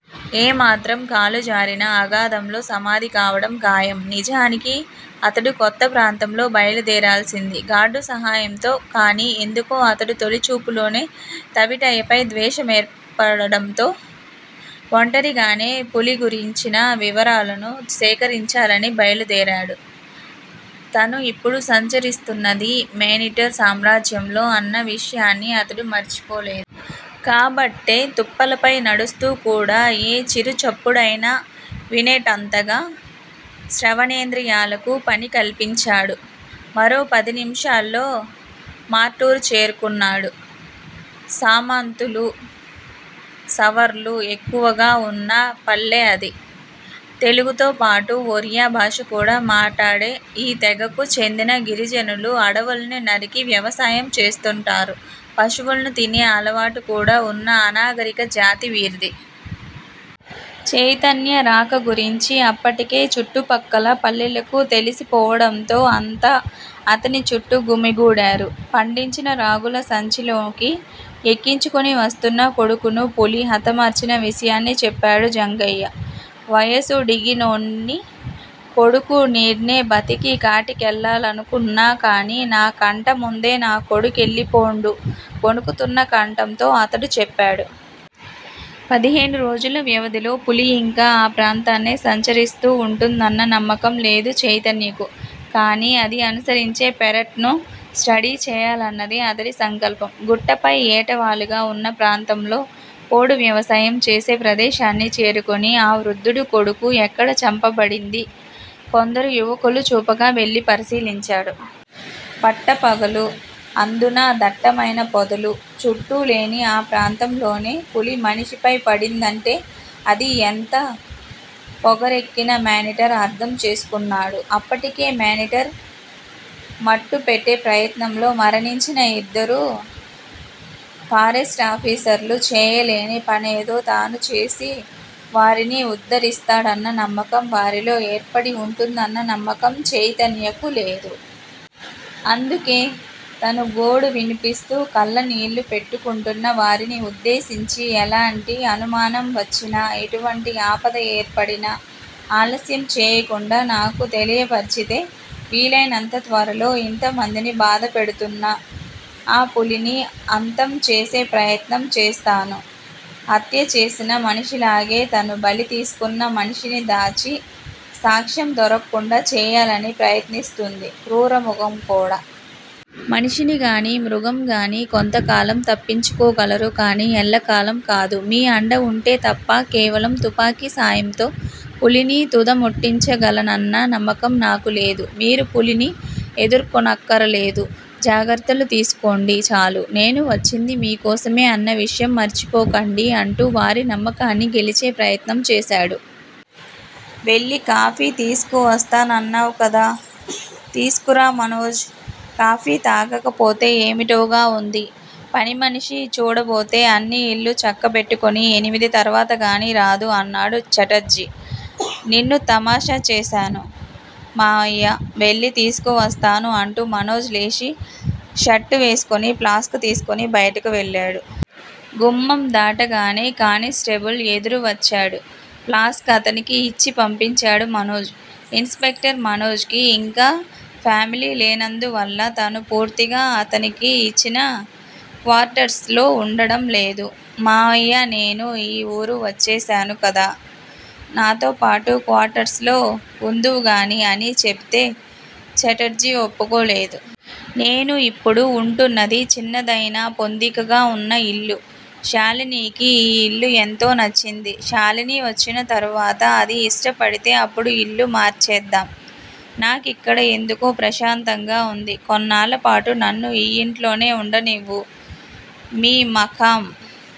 ఏమాత్రం కాలుజారినా, అగాధంలో సమాధి కావటం ఖాయం. నిజానికి అతడు కొత్త ప్రాంతంలో బయలుదేరాల్సింది గార్డు సహాయంతో. కాని ఎందుకో అతడు తొలి చూపులోనే తవిటయ్య పై ద్వేష మేర్పడటంతో ఒంటరిగానే పులి గురించిన వివరాలను సేకరించాలని బయలుదేరాడు. తను ఇప్పుడు సంచరిస్తున్నది మేనీటర్ సామ్రాజ్యంలో అన్న విషయాన్ని అతడు మరిచిపోలేదు. కాబట్టే తుప్పలపై నడుస్తూ కూడా ఏ చిరుచప్పుడయినా వినేటంతగా శ్రవణేంద్రియాలకు పని కల్పించాడు. మరో పది నిముషాల్లో మార్టూరు చేరుకున్నాడు. సామంతులు, సవర్లు ఎక్కువగా వున్న పల్లె అది. తెలుగుతోపాటు ఒరియా భాషకూడా మాటాడే ఈ తెగకు చెందిన గిరిజనులు అడవుల్ని నరికి వ్యవసాయం చేస్తుంటారు. పశువుల్ని తినే అలవాటు కూడా వున్న అనాగరిక జాతి వీరిది. చైతన్య రాక గురించి అప్పటికే చుట్టుపక్కల పల్లెలకు తెలిసి పోవడంతో అంతా అతని చుట్టూ గుమిగూడారు. పండించిన రాగులు సంచిలోకి ఎక్కించుకుని వస్తున్న కొడుకుని పులి హతమార్చిన విషయాన్ని చెప్పాడు జంగయ్య. వయసుడిగినోడ్ని, కొడుకు నీడ్నే బతికి కాటికెల్లాలనుకున్నా కాని, నాకంటా ముందే నా కొడుకెళ్ళి పోండు వణుకుతున్న కంఠంతో అతడు చెప్పాడు. పదిహేను రోజుల వ్యవధిలో పులి ఇంకా ఆ ప్రాంతాన్నే సంచరిస్తూ ఉంటుందన్న నమ్మకం లేదు చైతన్యకు. కాని అది అనుసరించే పేటర్న్ స్టడీ చేయాలన్నదే అతడి సంకల్పం. గుట్టపై ఏటవాలుగా వున్న ప్రాంతంలో పోడు వ్యవసాయం చేసే ప్రదేశాన్ని చేరుకుని, ఆ వృద్ధుడు కొడుకు ఎక్కడ చంపబడింది కొందరు యువకులు చూపగా వెళ్ళి పరిశీలించాడు. పట్టపగలు అందునా దట్టమైన పొదలు చుట్టూలేని ఆ ప్రాంతంలోనే పులి మనిషిపై బడిందంటే అది ఎంత పొగరెక్కిన మేనీటర్ అర్ధం చేసుకున్నాడు. అప్పటికే మేనీటర్ మట్టుపెట్టే ప్రయత్నంలో మరణించిన ఇద్దరు ఫారెస్టాఫీసర్లు చేయలేని పనేదో తనుచేసి వారిని ఉద్దరిస్తాడన్న నమ్మకం వారిలో ఏర్పడి ఉంటుందన్న నమ్మకం చైతన్యకు లేదు. అందుకే తను గోడు వినిపిస్తూ కళ్ళనీళ్ళు పెట్టుకుంటున్న వారిని ఉద్దేశించి ఎలాంటి అనుమానం వచ్చినా, ఎటువంటి ఆపద ఏర్పడినా ఆలస్యం చేయకుండా నాకు తెలియపర్చితే వీలయినంత త్వరలో యింత మందిని బాధపెడుతున్న ఆ పులిని అంతం చేసే ప్రయత్నం చేస్తాను. హత్య చేసిన మనిషిలాగే, తను బలి తీసుకున్న మనిషిని దాచి సాక్ష్యం దొరక్కుండా చేయాలని ప్రయత్నిస్తుంది క్రూరమృగం కూడా. మనిషికాని, మృగంకాని కొంతకాలం తప్పించుకోగలరు కాని ఎల్లకాలం కాదు. మీ అండ ఉంటే తప్ప. కేవలం తుపాకీ సాయంతో పులిని తుదముట్టించగలనన్న నమ్మకం నాకూలేదు. మీరు పులిని ఎదుర్కోనక్కరలేదు. జాగ్రత్తలు తీసుకోండి చాలు. నేను వచ్చింది మీకోసమే అన్న విషయం మరచిపోకండి అంటూ వారి నమ్మకాన్ని గెలిచే ప్రయత్నం చేశాడు. వెళ్ళి కాఫీ తీసుకు వస్తానన్నావ్ కదా! తీసుకురా మనోజ్ కాఫీ తాగకపోతే ఏమిటోగా వుంది. పనిమనిషి చూడబోతే అన్ని ఇళ్లూ చక్కబెట్టుకొని ఎనిమిది తరువాత గానీ రాదు అన్నాడు ఛటర్జీ. నిన్ను తమాషా చేశాను మావయ్యా! వెళ్ళి తీసుకువస్తాను అంటూ మనోజ్ లేచి షర్టు వేసుకుని, ప్లాస్క్ తీసుకుని బయటకి వెళ్ళాడు. గుమ్మం దాటగానే కానిస్టేబుల్ ఎదురు వచ్చాడు. ప్లాస్క్ అతనికి ఇచ్చి పంపించాడు మనోజ్. ఇన్ స్పెక్టర్ మనోజ్ కి ఇంకా ఫామిలీ లేనందువల్ల తను పూర్తిగా ఆతనకి ఇచ్చిన క్వార్టర్స్ లో వుండటం లేదు. మావయ్యా నేను ఈ ఊరు వచ్చేశాను కదా! నాతోపాటు క్వార్టర్స్ లో వుందువు గాని అని చెబితే ఛటర్జీ ఒప్పుకోలేదు. నేను ఇప్పుడు వుంటున్నది చిన్నదైనా పొందికగా వున్న ఇల్లు. షాలినీకి ఈ ఇల్లు ఎంతో నచ్చింది. షాలిని వచ్చిన తరువాత అది ఇష్టపడితే అప్పుడు ఇల్లు మార్చేద్దాం. నాకిక్కడ ఎందుకో ప్రశాంతంగా వుంది. కొన్నాళ్ళపాటు నన్ను ఈ యింట్లోనే వుండనివ్వు. మీ మకాం